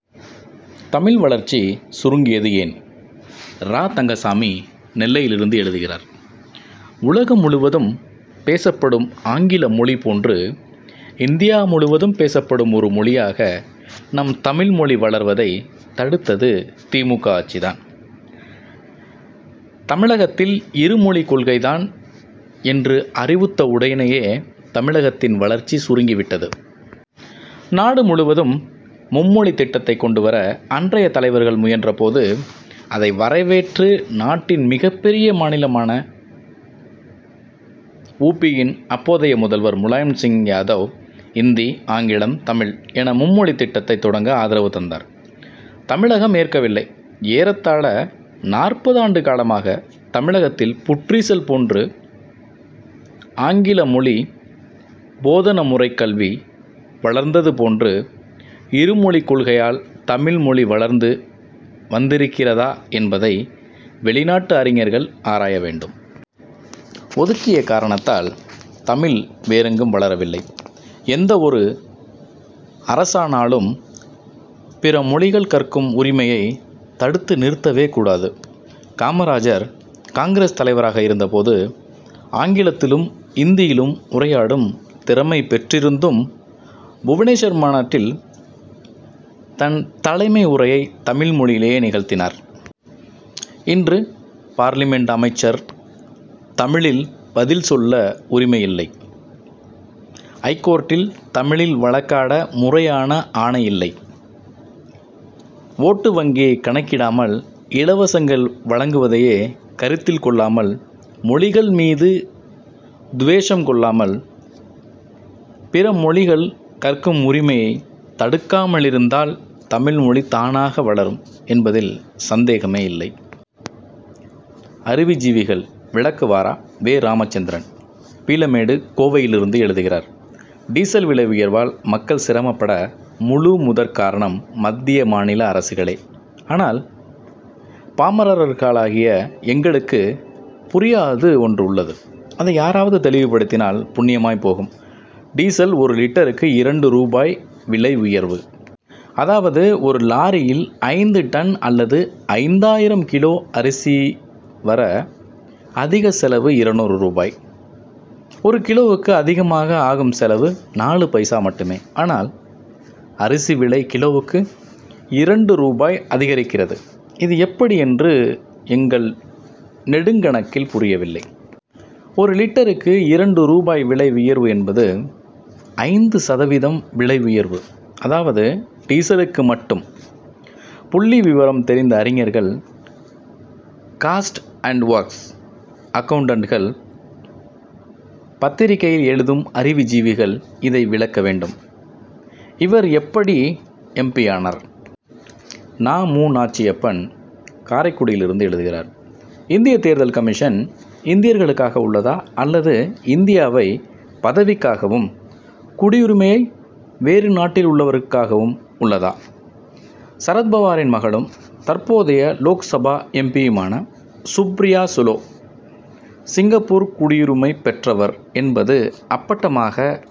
தமிழ் வளர்ச்சி சுருங்கியது ஏன்? ரா. தங்கசாமி, நெல்லையிலிருந்து எழுதுகிறார் உலகம் முழுவதும் பேசப்படும் ஆங்கில மொழி போன்று, இந்தியா முழுவதும் பேசப்படும் ஒரு மொழியாக நம் தமிழ்மொழி வளர்வதை தடுத்தது தி. மு. க., ஆட்சி தான். தமிழகத்தில் இருமொழி கொள்கை தான் என்று அறிவித்தவுடனேயே, தமிழகத்தின் வளர்ச்சி சுருங்கி விட்டது. நாடு முழுவதும் மும்மொழித் திட்டத்தை கொண்டு வர அன்றைய தலைவர்கள் முயன்றபோது, அதை வரவேற்று, நாட்டின் மிகப்பெரிய மாநிலமான உ. பி.,யின் அப்போதைய முதல்வர் முலாயம் சிங் யாதவ், இந்தி, ஆங்கிலம், தமிழ் என மும்மொழி திட்டத்தை தொடங்க ஆதரவு தந்தார். தமிழகம் ஏற்கவில்லை. ஏறத்தாழ நாற்பது ஆண்டு காலமாக, தமிழகத்தில் புற்றீசல் போன்று ஆங்கில மொழி போதனா முறைக்கல்வி வளர்ந்தது போன்று, இருமொழிக் கொள்கையால் தமிழ் மொழி வளர்ந்து வந்திருக்கிறதா என்பதை, வெளிநாட்டு அறிஞர்கள் ஆராய வேண்டும். ஒதுக்கிய காரணத்தால், தமிழ் வேறெங்கும் வளரவில்லை. எந்த ஒரு அரசானாலும், பிற மொழிகள் கற்கும் உரிமையை தடுத்து நிறுத்தவே கூடாது. காமராஜர், காங்கிரஸ் தலைவராக இருந்த போது, ஆங்கிலத்திலும், இந்தியிலும் உரையாடும் திறமை பெற்றிருந்தும், புவனேஸ்வர் மாநாட்டில் தன் தலைமை உரையை, தமிழ் மொழியிலேயே நிகழ்த்தினார். இன்று பார்லிமென்டில் அமைச்சர் தமிழில் பதில் சொல்ல உரிமையில்லை. ஐகோர்ட்டில் தமிழில் வழக்காட முறையான ஆணை இல்லை. ஓட்டு வங்கியை கணக்கிடாமல், இலவசங்கள் வழங்குவதையே கருத்தில் கொள்ளாமல், மொழிகள் மீது துவேஷம் கொள்ளாமல், பிற மொ ழிகள் கற்கும் உரிமையை தடுக்காமலிருந்தால், தமிழ்மொழி தானாக வளரும் என்பதில் சந்தேகமே இல்லை. அறிவு ஜீவிகள் விளக்குவரா? வே. ராமச்சந்திரன், பீளமேடு, கோவையிலிருந்து எழுதுகிறார் டீசல் விலை உயர்வால் மக்கள் சிரமப்பட முழு முதற்காரணம் மத்திய, மாநில அரசுகளே! ஆனால், பாமரர்களாகிய எங்களுக்கு புரியாதது ஒன்று உள்ளது. அதை யாராவது தெளிவுபடுத்தினால் புண்ணியமாய் போகும். டீசல் ஒரு லிட்டருக்கு, இரண்டு ரூபாய் விலை உயர்வு. அதாவது, ஒரு லாரியில் ஐந்து டன் அல்லது ஐந்தாயிரம் கிலோ அரிசி வர, அதிக செலவு இருநூறு ரூபாய். ஒரு கிலோவுக்கு அதிகமாக ஆகும் செலவு, நாலு பைசா மட்டுமே! ஆனால், அரிசி விலை, கிலோவுக்கு இரண்டு ரூபாய் அதிகரிக்கிறது. இது எப்படி என்று எங்கள் நெடுங்கணக்கில் புரியவில்லை. ஒரு லிட்டருக்கு இரண்டு ரூபாய் விலை உயர்வு என்பது, ஐந்து சதவீதம் விலை உயர்வு. அதாவது, டீசலுக்கு மட்டும். புள்ளி விவரம் தெரிந்த அறிஞர்கள், காஸ்ட் அண்ட் ஒர்க்ஸ் அக்கவுன்டன்டுகள், பத்திரிகையில் எழுதும் அறிவு ஜீவிகள் இதை விளக்க வேண்டும். இவர் எப்படி எம். பி.,யானார்? நா. மு. நாச்சியப்பன், காரைக்குடியிலிருந்து எழுதுகிறார் இந்தியத் தேர்தல் கமிஷன், இந்தியர்களுக்காக உள் ளதா அல்லது இந்தியாவைப் பதவிக்காகவும், குடியுரிமை யை வேறு நாட்டில் உள் ளவருக்காகவும் உள்ளதா? சரத்பவாரின் மகளும், தற்போதைய Lok Sabha M. B., யுமான Supriya Sule, Singapore குடியுரிமை பெற்றவர் என்பது அப்பட்டமாக